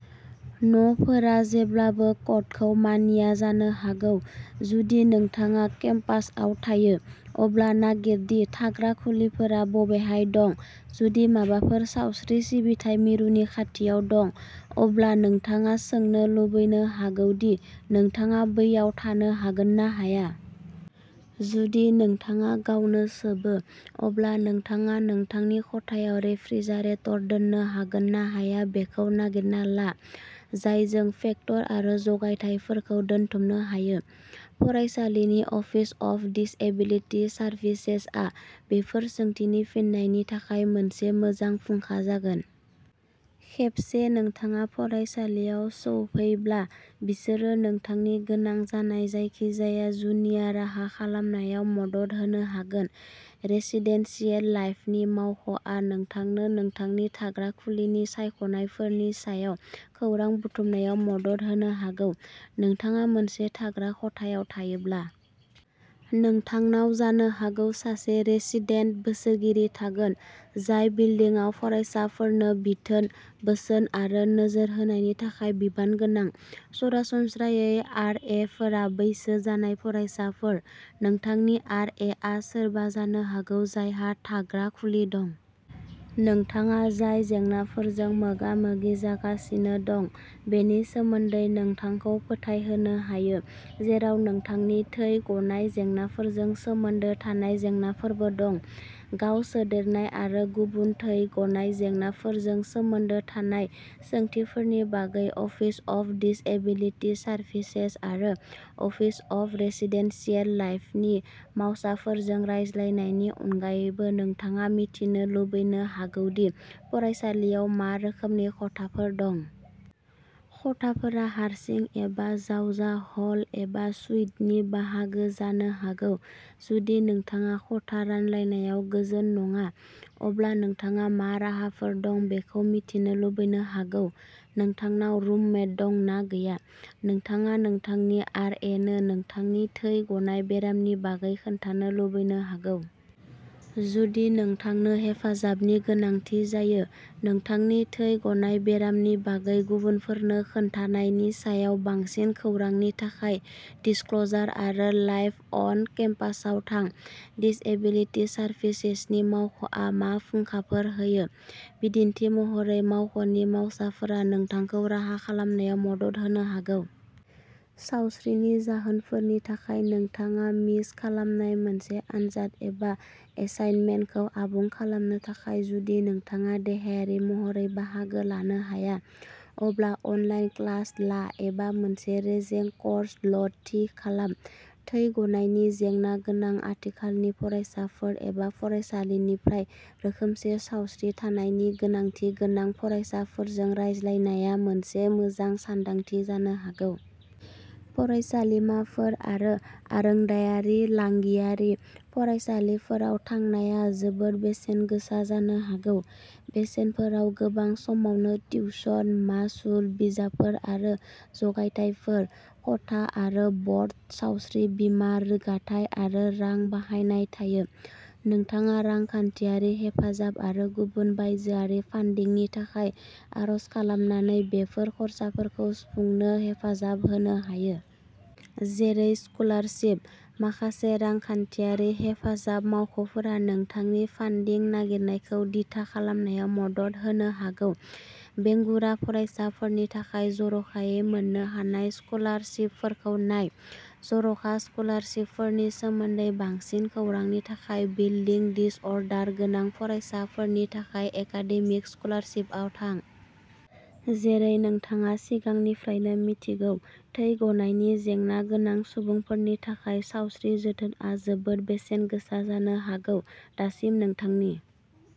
न'फोरा जेब्लाबो क'डखौ मानिया जानो हागौ। जुदि नोंथाङा केम्पासआव थायो। अब्ला नागिर दि थाग्रा खुलिफोरा बबेहाय दं। जुदि माबाफोर सावस्रि सिबिथाइ मिरुनि खाथियाव दं। अब्ला नोंथाङा सोंनो लुबैनो हागौ दि नोंथाङा बैयाव थानो हागोन ना हाया। जुदि नोंथाङा गावनो सोबो। अब्ला नोंथाङा नोंथांनि खथायाव रेफ्रिजारेटर दोननो हागोन ना हाया बेखौ नागिरना ला। जायजों फैक्टर आरो जगायथायफोरखौ दोनथुमनो हायो। फरायसालिनि अफिस अफ दिसएबिलिटि सारभिसेसआ बेफोर सोंथिनि फिनायनि थाखाय मोनसे मोजां फुंखा जागोन। खेबसे नोंथाङा फरायसालियाव सौफैब्ला। बिसोरो नोंथांनि गोनां जानाय जायखिजाया जुनिया राहा खालामनायाव मदद होनो हागोन। रेसिदेनसियेल लाइफनि मावख'आ नोंथांनो नोंथांनि थाग्रा खुलिनि सायख'नायफोरनि सायाव खौरां बुथुमनायाव मदद होनो हागौ। नोंथाङा मोनसे थाग्रा खथायाव थायोब्ला। नोंथांनाव जानो हागौ सासे रेसिदेन्ट बोसोनगिरि थागोन। जाय बिल्डिंआव फरायसाफोरनो बिथोन। बोसोन आरो नोजोर होनायनि थाखाय बिबान गोनां। सरासनस्रायै आर ए फोरा बैसो जानाय फरायसाफोर। नोंथांनि आर ए आ सोरबा जानो हागौ जायहा थाग्रा खुलि दं। नोंथाङा जाय जेंनाफोरजों मोगा-मोगि जागासिनो दं। बेनि सोमोन्दै नोंथांखौ फोथायहोनो हायो। जेराव नोंथांनि थै गनाय जेंनाफोरजों सोमोन्दो थानाय जेंनाफोरबो दं। गाव सोदेरनाय आरो गुबुन थै गनाय जेंनाफोरजों सोमोन्दो थानाय सोंथिफोरनि बागै अफिस अफ दिसएबिलिटि सारभिसेस आरो अफिस अफ रेसिडेनसियेल लाइफनि मावसाफोरजों रायज्लायनायनि अनगायैबो नोंथाङा मिथिनो लुबैनो हागौ दि फरायसालियाव मा रोखोमनि खथाफोर दं। खथाफोरा हारसिं एबा जावजा हल एबा सुइटनि बाहागो जानो हागौ। जुदि नोंथाङा खथा रानलायनायाव गोजोन नङा। अब्ला नोंथाङा मा राहाफोर दं बेखौ मिथिनो लुबैनो हागौ। नोंथांनाव रुममेट दं ना गैया। नोंथाङा नोंथांनि आर ए नो नोंथांनि थै गनाय बेरामनि बागै खोन्थानो लुबैनो हागौ। जुदि नोंथांनो हेफाजाबनि गोनांथि जायो। नोंथांनि थै गनाय बेरामनि बागै गुबुनफोरनो खोन्थानायनि सायाव बांसिन खौरांनि थाखाय दिसक्ल'जार आरो लाइफ अन केम्पासाव थां। दिसएबिलिटि सारभिसेसनि मावख'आ मा फुंखाफोर होयो? बिदिन्थि महरै मावख'नि मावसाफोरा नोंथांखौ राहा खालामनायाव मदद होनो हागौ। सावस्रिनि जाहोनफोरनि थाखाय नोंथाङा मिस खालामनाय मोनसे आनजाद एबा एसाइनमेन्टखौ आबुं खालामनो थाखाय जुदि नोंथाङा देहायारि महरै बाहागो लानो हाया। अब्ला अनलाइन क्लास ला एबा मोनसे रेजें कर्स लोड थि खालाम। थै गनायनि जेंना गोनां आथिखालनि फरायसाफोर एबा फरायसालिनिफ्राय रोखोमसे सावस्रि थानायनि गोनांथि गोनां फरायसाफोरजों रायज्लायनाया मोनसे मोजां सानदांथि जानो हागौ। फरायसालिमाफोर आरो आरोंदायारि लांगियारि फरायसालिफोराव थांनाया जोबोद बेसेन गोसा जानो हागौ। बेसेनफोराव गोबां समावनो टिउशन, मासुल, बिजाबफोर आरो जगायथायफोर, खथा आरो बर्ड, सावस्रि बीमा, रोगाथाय आरो रां बाहायनाय थायो। नोंथाङा रांखान्थियारि हेफाजाब आरो गुबुन बायजोआरि फानडिंनि थाखाय आर'ज खालामनानै बेफोर खरसाफोरखौ सुफुंनो हेफाजाब होनो हायो। जेरै स्कलारशिप। माखासे रांखान्थियारि हेफाजाब मावख'फोरा नोंथांनि फानडिं नागिरनायखौ दिथा खालामनायाव मदद होनो हागौ। बेंगुरा फरायसाफोरनि थाखाय जर'खायै मोन्नो हानाय स्कलारशिपफोरखौ नाय। जर'खा स्कलारशिपफोरनि सोमोन्दै बांसिन खौरांनि थाखाय ब्लिडिं डिसअर्डार गोनां फरायसाफोरनि थाखाय एकाडेमिक स्कलारशिपआव थां। जेरै नोंथाङा सिगांनिफ्रायनो मिन्थिगौ। थै गनायनि जेंना गोनां सुबुंफोरनि थाखाय सावस्रि जोथोनआ जोबोद बेसेन गोसा जानो हागौ। दासिम नोंथांनि